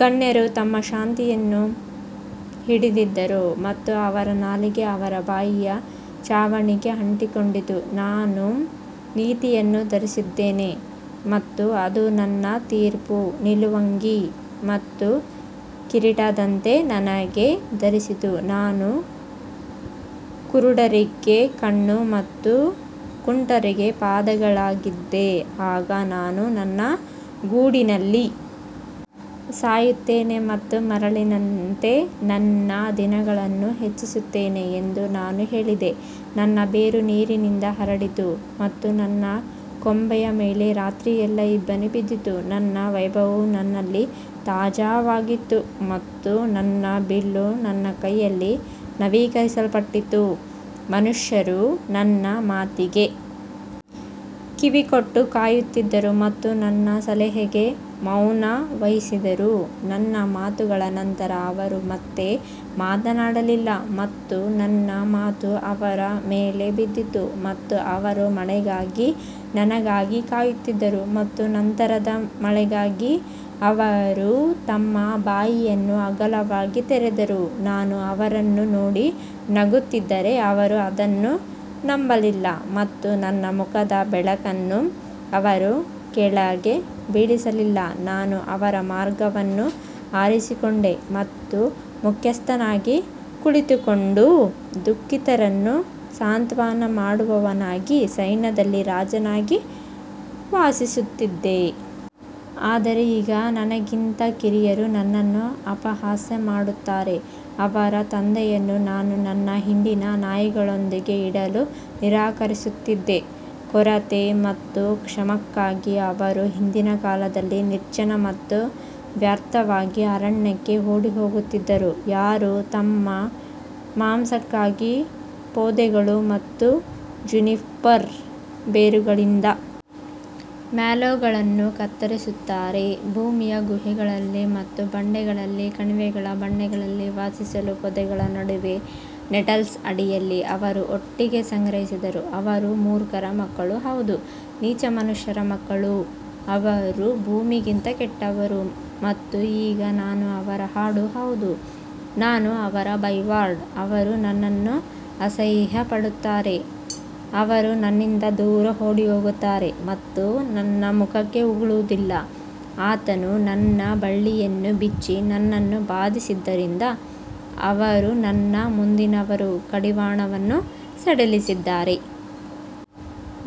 ಗಣ್ಯರು ತಮ್ಮ ಶಾಂತಿಯನ್ನು ಹಿಡಿದಿದ್ದರು ಮತ್ತು ಅವರ ನಾಲಿಗೆ ಅವರ ಬಾಯಿಯ ಛಾವಣಿಗೆ ಅಂಟಿಕೊಂಡಿತು ನಾನು ನೀತಿಯನ್ನು ಧರಿಸಿದ್ದೇನೆ ಮತ್ತು ಅದು ನನ್ನ ತೀರ್ಪು ನಿಲುವಂಗಿ ಮತ್ತು ಕಿರೀಟದಂತೆ ನನಗೆ ಧರಿಸಿತು ನಾನು ಕುರುಡರಿಗೆ ಕಣ್ಣು ಮತ್ತು ಕುಂಟರಿಗೆ ಪಾದಗಳಾಗಿದ್ದೆ ಆಗ ನಾನು ನನ್ನ ಗೂಡಿನಲ್ಲಿ ಸಾಯುತ್ತೇನೆ ಮತ್ತು ಮರಳಿನಂತೆ ನನ್ನ ದಿನಗಳನ್ನು ಹೆಚ್ಚಿಸುತ್ತೇನೆ ಎಂದು ನಾನು ಹೇಳಿದೆ ನನ್ನ ಬೇರು ನೀರಿನಿಂದ ಹರಡಿತು ಮತ್ತು ನನ್ನ ಕೊಂಬೆಯ ಮೇಲೆ ರಾತ್ರಿಯೆಲ್ಲಾ ಇಬ್ಬನಿ ಬಿದ್ದಿತು ನನ್ನ ವೈಭವವು ನನ್ನಲ್ಲಿ ತಾಜಾವಾಗಿತ್ತು ಮತ್ತು ನನ್ನ ಬಿಲ್ಲು ನನ್ನ ಕೈಯಲ್ಲಿ ನವೀಕರಿಸಲ್ಪಟ್ಟಿತು ಮನುಷ್ಯರು ನನ್ನ ಮಾತಿಗೆ ಕಿವಿಗೊಟ್ಟು ಕಾಯುತ್ತಿದ್ದರು ಮತ್ತು ನನ್ನ ಸಲಹೆಗೆ ಮೌನ ವಹಿಸಿದರು ನನ್ನ ಮಾತುಗಳ ನಂತರ ಅವರು ಮತ್ತೆ ಮಾತನಾಡಲಿಲ್ಲ ಮತ್ತು ನನ್ನ ಮಾತು ಅವರ ಮೇಲೆ ಬಿದ್ದಿತು ಮತ್ತು ಅವರು ಮಳೆಗಾಗಿ ನನಗಾಗಿ ಕಾಯುತ್ತಿದ್ದರು ಮತ್ತು ನಂತರದ ಮಳೆಗಾಗಿ ಅವರು ತಮ್ಮ ಬಾಯಿಯನ್ನು ಅಗಲವಾಗಿ ತೆರೆದರು ನಾನು ಅವರನ್ನು ನೋಡಿ ನಗುತ್ತಿದ್ದರೆ ಅವರು ಅದನ್ನು ನಂಬಲಿಲ್ಲ ಮತ್ತು ನನ್ನ ಮುಖದ ಬೆಳಕನ್ನು ಅವರು ಕೆಳಗೆ ಬೀಳಿಸಲಿಲ್ಲ ನಾನು ಅವರ ಮಾರ್ಗವನ್ನು ಆರಿಸಿಕೊಂಡೆ ಮತ್ತು ಮುಖ್ಯಸ್ಥನಾಗಿ ಕುಳಿತುಕೊಂಡು ದುಃಖಿತರನ್ನು ಸಾಂತ್ವನ ಮಾಡುವವನಾಗಿ ಸೈನ್ಯದಲ್ಲಿ ರಾಜನಾಗಿ ವಾಸಿಸುತ್ತಿದ್ದೆ. ಆದರೆ ಈಗ ನನಗಿಂತ ಕಿರಿಯರು ನನ್ನನ್ನು ಅಪಹಾಸ್ಯ ಮಾಡುತ್ತಾರೆ, ಅವರ ತಂದೆಯನ್ನು ನಾನು ನನ್ನ ಹಿಂಡಿನ ನಾಯಿಗಳೊಂದಿಗೆ ಇಡಲು ನಿರಾಕರಿಸುತ್ತಿದ್ದೆ. ಕೊರತೆ ಮತ್ತು ಕ್ಷಾಮಕ್ಕಾಗಿ ಅವರು ಹಿಂದಿನ ಕಾಲದಲ್ಲಿ ನಿರ್ಜನ ಮತ್ತು ವ್ಯರ್ಥವಾಗಿ ಅರಣ್ಯಕ್ಕೆ ಓಡಿಹೋಗುತ್ತಿದ್ದರು ಯಾರು ತಮ್ಮ ಮಾಂಸಕ್ಕಾಗಿ ಪೊದೆಗಳು ಮತ್ತು ಜುನಿಪರ್ ಬೇರುಗಳಿಂದ ಮ್ಯಾಲೋಗಳನ್ನು ಕತ್ತರಿಸುತ್ತಾರೆ ಭೂಮಿಯ ಗುಹೆಗಳಲ್ಲಿ ಮತ್ತು ಬಂಡೆಗಳಲ್ಲಿ ಕಣಿವೆಗಳ ಬಂಡೆಗಳಲ್ಲಿ ವಾಸಿಸಲು ಪೊದೆಗಳ ನಡುವೆ ನೆಟಲ್ಸ್ ಅಡಿಯಲ್ಲಿ ಅವರು ಒಟ್ಟಿಗೆ ಸಂಗ್ರಹಿಸಿದರು ಅವರು ಮೂರ್ಖರ ಮಕ್ಕಳು ಹೌದು ನೀಚ ಮನುಷ್ಯರ ಮಕ್ಕಳು ಅವರು ಭೂಮಿಗಿಂತ ಕೆಟ್ಟವರು ಮತ್ತು ಈಗ ನಾನು ಅವರ ಹಾಡು ಹೌದು ನಾನು ಅವರ ಬೈವರ್ಡ್ ಅವರು ನನ್ನನ್ನು ಅಸಹ್ಯಪಡುತ್ತಾರೆ, ಅವರು ನನ್ನಿಂದ ದೂರ ಓಡಿಹೋಗುತ್ತಾರೆ ಮತ್ತು ನನ್ನ ಮುಖಕ್ಕೆ ಉಗುಳುವುದಿಲ್ಲ ಆತನು ನನ್ನ ಬಳ್ಳಿಯನ್ನು ಬಿಚ್ಚಿ ನನ್ನನ್ನು ಬಾಧಿಸಿದ್ದರಿಂದ ಅವರು ನನ್ನ ಮುಂದಿರುವ ಕಡಿವಾಣವನ್ನೂ ಸಡಿಲಿಸಿದ್ದಾರೆ.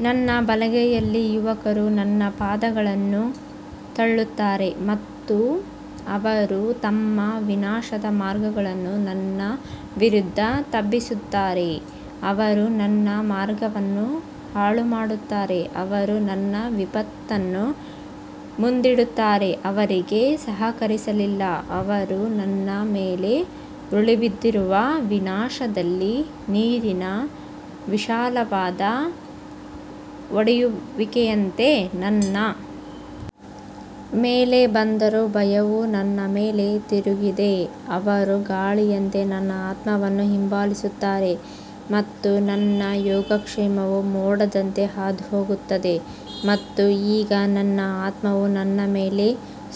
ನನ್ನ ಬಲಗೈಯಲ್ಲಿ ಯುವಕರು ನನ್ನ ಪಾದಗಳನ್ನು ತಳ್ಳುತ್ತಾರೆ ಮತ್ತು ಅವರು ತಮ್ಮ ವಿನಾಶದ ಮಾರ್ಗಗಳನ್ನು ನನ್ನ ವಿರುದ್ಧ ಎಬ್ಬಿಸುತ್ತಾರೆ ಅವರು ನನ್ನ ಮಾರ್ಗವನ್ನು ಹಾಳುಮಾಡುತ್ತಾರೆ ಅವರು ನನ್ನ ವಿಪತ್ತನ್ನು ಮುಂದಿಡುತ್ತಾರೆ ಅವರಿಗೆ ಸಹಾಯಕರಿಲ್ಲ ಅವರು ನನ್ನ ಮೇಲೆ ಉರುಳಿಬಿದ್ದಿರುವ ವಿನಾಶದಲ್ಲಿ ನೀರಿನ ವಿಶಾಲವಾದ ಒಡೆಯುವಿಕೆಯಂತೆ ನನ್ನ ಮೇಲೆ ಬಂದರು ಭಯವು ನನ್ನ ಮೇಲೆ ತಿರುಗಿದೆ ಅವರು ಗಾಳಿಯಂತೆ ನನ್ನ ಆತ್ಮವನ್ನು ಹಿಂಬಾಲಿಸುತ್ತಾರೆ ಮತ್ತು ನನ್ನ ಯೋಗಕ್ಷೇಮವು ಮೋಡದಂತೆ ಹಾದುಹೋಗುತ್ತದೆ ಮತ್ತು ಈಗ ನನ್ನ ಆತ್ಮವು ನನ್ನ ಮೇಲೆ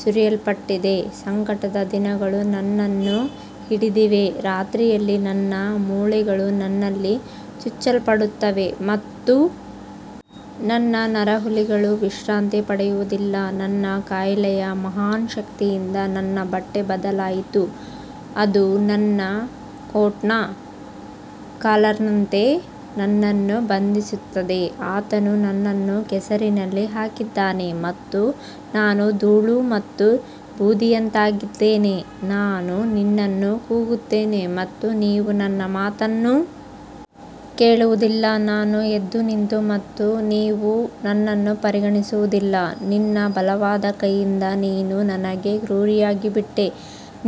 ಸುರಿಯಲ್ಪಟ್ಟಿದೆ, ಸಂಕಟದ ದಿನಗಳು ನನ್ನನ್ನು ಹಿಡಿದಿವೆ ರಾತ್ರಿಯಲ್ಲಿ ನನ್ನ ಮೂಳೆಗಳು ನನ್ನಲ್ಲಿ ಚುಚ್ಚಲ್ಪಡುತ್ತವೆ ಮತ್ತು ನನ್ನ ನರಹುಲಿಗಳು ವಿಶ್ರಾಂತಿ ಪಡೆಯುವುದಿಲ್ಲ ನನ್ನ ಕಾಯಿಲೆಯ ಮಹಾನ್ ಶಕ್ತಿಯಿಂದ ನನ್ನ ಬಟ್ಟೆ ಬದಲಾಯಿತು ಅದು ನನ್ನ ಕೋಟ್ನ ಕಾಲರ್ನಂತೆ ನನ್ನನ್ನು ಬಂಧಿಸುತ್ತದೆ ಆತನು ನನ್ನನ್ನು ಕೆಸರಿನಲ್ಲಿ ಹಾಕಿದ್ದಾನೆ ಮತ್ತು ನಾನು ಧೂಳು ಮತ್ತು ಬೂದಿಯಂತಾಗಿದ್ದೇನೆ ನಾನು ನಿನ್ನನ್ನು ಕೂಗುತ್ತೇನೆ ಮತ್ತು ನೀವು ನನ್ನ ಮಾತನ್ನು ಕೇಳುವುದಿಲ್ಲ ನಾನು ಎದ್ದುನಿಂತು ಮತ್ತು ನೀವು ನನ್ನನ್ನು ಪರಿಗಣಿಸುವುದಿಲ್ಲ ನಿನ್ನ ಬಲವಾದ ಕೈಯಿಂದ ನೀನು ನನಗೆ ಕ್ರೂರಿಯಾಗಿಬಿಟ್ಟೆ,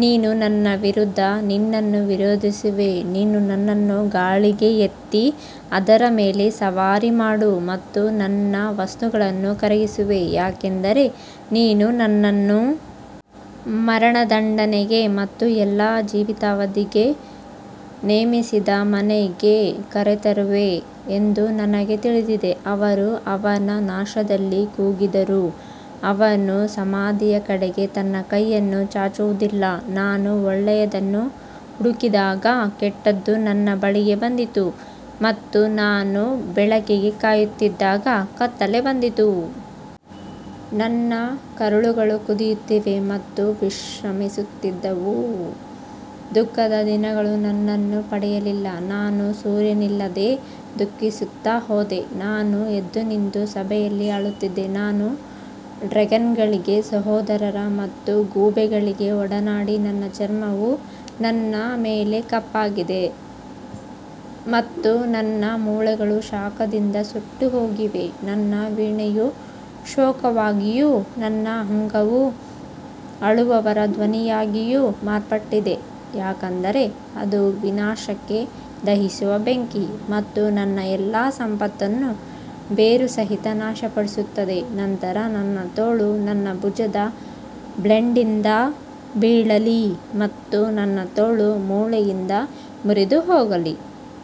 ನೀನು ನನ್ನ ವಿರುದ್ಧ ನಿನ್ನನ್ನು ವಿರೋಧಿಸುವೆ ನೀನು ನನ್ನನ್ನು ಗಾಳಿಗೆ ಎತ್ತಿ ಅದರ ಮೇಲೆ ಸವಾರಿ ಮಾಡು ಮತ್ತು ನನ್ನ ವಸ್ತುವನ್ನು ಕರಗಿಸುವೆ ಯಾಕಂದರೆ ನೀನು ನನ್ನನ್ನು ಮರಣದಂಡನೆಗೆ ಮತ್ತು ಎಲ್ಲಾ ಜೀವಿತಾವಧಿಗೆ ನೇಮಿಸಿದ ಮನೆಗೆ ಕರೆತರುವೆ ಎಂದು ನನಗೆ ತಿಳಿದಿದೆ ಅವರು ಅವನ ನಾಶದಲ್ಲಿ ಕೂಗಿದರೂ ಅವನು ಸಮಾಧಿಯ ಕಡೆಗೆ ತನ್ನ ಕೈಯನ್ನು ಚಾಚುವುದಿಲ್ಲ ನಾನು ಒಳ್ಳೆಯದನ್ನು ಹುಡುಕಿದಾಗ ಕೆಟ್ಟದ್ದು ನನ್ನ ಬಳಿಗೆ ಬಂದಿತು ಮತ್ತು ನಾನು ಬೆಳಕಿಗೆ ಕಾಯುತ್ತಿದ್ದಾಗ ಕತ್ತಲೆ ಬಂದಿತು ನನ್ನ ಕರುಳುಗಳು ಕುದಿಯುತ್ತವೆ ಮತ್ತು ವಿಶ್ರಮಿಸುತ್ತಿದ್ದವು, ದುಃಖದ ದಿನಗಳು ನನ್ನನ್ನು ತಡೆಯಲಿಲ್ಲ ನಾನು ಸೂರ್ಯನಿಲ್ಲದೆ ದುಃಖಿಸುತ್ತಾ ಹೋದೆ, ನಾನು ಎದ್ದುನಿಂತು ಸಭೆಯಲ್ಲಿ ಅಳುತ್ತಿದ್ದೆ ನಾನು ಡ್ರ್ಯಾಗನ್ಗಳಿಗೆ ಸಹೋದರ ಮತ್ತು ಗೂಬೆಗಳಿಗೆ ಒಡನಾಡಿ ನನ್ನ ಚರ್ಮವು ನನ್ನ ಮೇಲೆ ಕಪ್ಪಾಗಿದೆ ಮತ್ತು ನನ್ನ ಮೂಳೆಗಳು ಶಾಖದಿಂದ ಸುಟ್ಟುಹೋಗಿವೆ ನನ್ನ ವೀಣೆಯು ಶೋಕವಾಗಿಯೂ ನನ್ನ ಅಂಗವು ಅಳುವವರ ಧ್ವನಿಯಾಗಿಯೂ ಮಾರ್ಪಟ್ಟಿದೆ ಯಾಕಂದರೆ ಅದು ವಿನಾಶಕ್ಕೆ ದಹಿಸುವ ಬೆಂಕಿ ಮತ್ತು ನನ್ನ ಎಲ್ಲಾ ಸಂಪತ್ತನ್ನು ಬೇರುಸಹಿತ ನಾಶಪಡಿಸುತ್ತದೆ ನಂತರ ನನ್ನ ತೋಳು ನನ್ನ ಭುಜದ ಬ್ಲೇಡ್ನಿಂದ ಬೀಳಲಿ ಮತ್ತು ನನ್ನ ತೋಳು ಮೂಳೆಯಿಂದ ಮುರಿದು ಹೋಗಲಿ.